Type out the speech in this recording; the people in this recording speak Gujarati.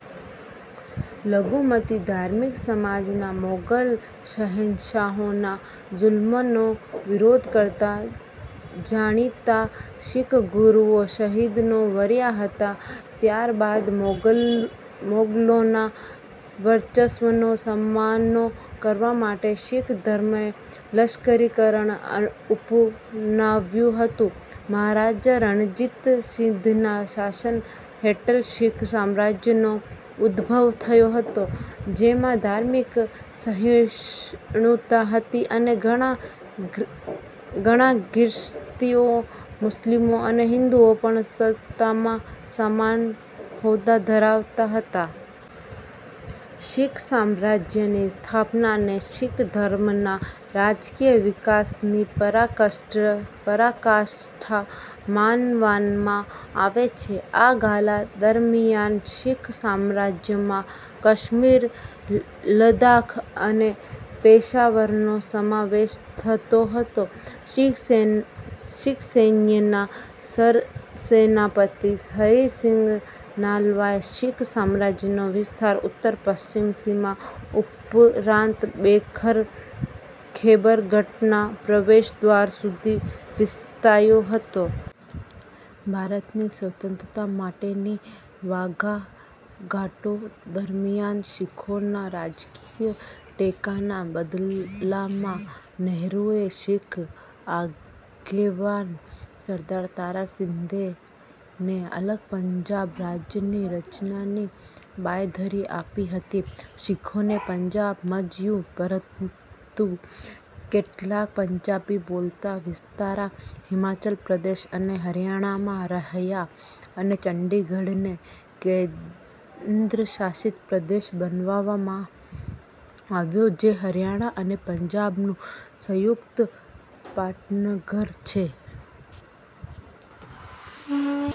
લઘુમતી ધાર્મિક સમાજના મોગલ શહેનશાહોના જુલમનો વિરોધ કરતા જાણીતા શીખ ગુરૂઓ શહીદીને વર્યાં હતા. ત્યારબાદ મોગલોના વર્ચસ્વનો સામનો કરવા માટે શીખ ધર્મએ લશ્કરીકરણ અપનાવ્યું હતું. મહારાજા રણજિત સિંઘના શાસન હેઠળ શીખ સામ્રાજ્યનો ઉદભવ થયો હતો, જેમાં ધાર્મિક સહિષ્ણુતા હતી અને ઘણાં ખ્રિસ્તીઓ, મુસ્લિમો અને હિંદુઓ પણ સત્તામાં સમાન હોદ્દા ધરાવતા હતા. શીખ સામ્રાજ્યની સ્થાપનાને શીખ ધર્મના રાજકીય વિકાસની પરાકાષ્ટા માનવામાં આવે છે. આ ગાળા દરમિયાન શીખ સામ્રાજ્યમાં કાશ્મીર, લદાખ અને પેશાવરનો સમાવેશ થતો હતો. શીખ સૈન્યના સરસેનાપતિ હરિ સિંઘ નાલવાએ શીખ સામ્રાજ્યનો વિસ્તાર ઉત્તર-પશ્ચિમ સીમા ઉપરાંત, ખૈબર ઘાટના પ્રવેશદ્વાર સુધી વિસ્તાર્યો હતો. ભારતની સ્વતંત્રતા માટેની વાટાઘાટો દરમિયાન શીખોના રાજકીય ટેકાના બદલામાં નેહરૂએ શીખ આગેવાન સરદાર તારા સિંઘને અલગ પંજાબ રાજ્યની રચનાની બાંયધરી આપી હતી. શીખોને પંજાબ મળ્યું, પરંતુ કેટલાક પંજાબી બોલતા વિસ્તારો હિમાચલ પ્રદેશ અને હરિયાણામાં રહ્યાં અને ચંદીગઢને કેન્દ્રશાસિત પ્રદેશ બનાવવામાં આવ્યો જે હરિયાણા અને પંજાબનું સંયુક્ત પાટનગર છે.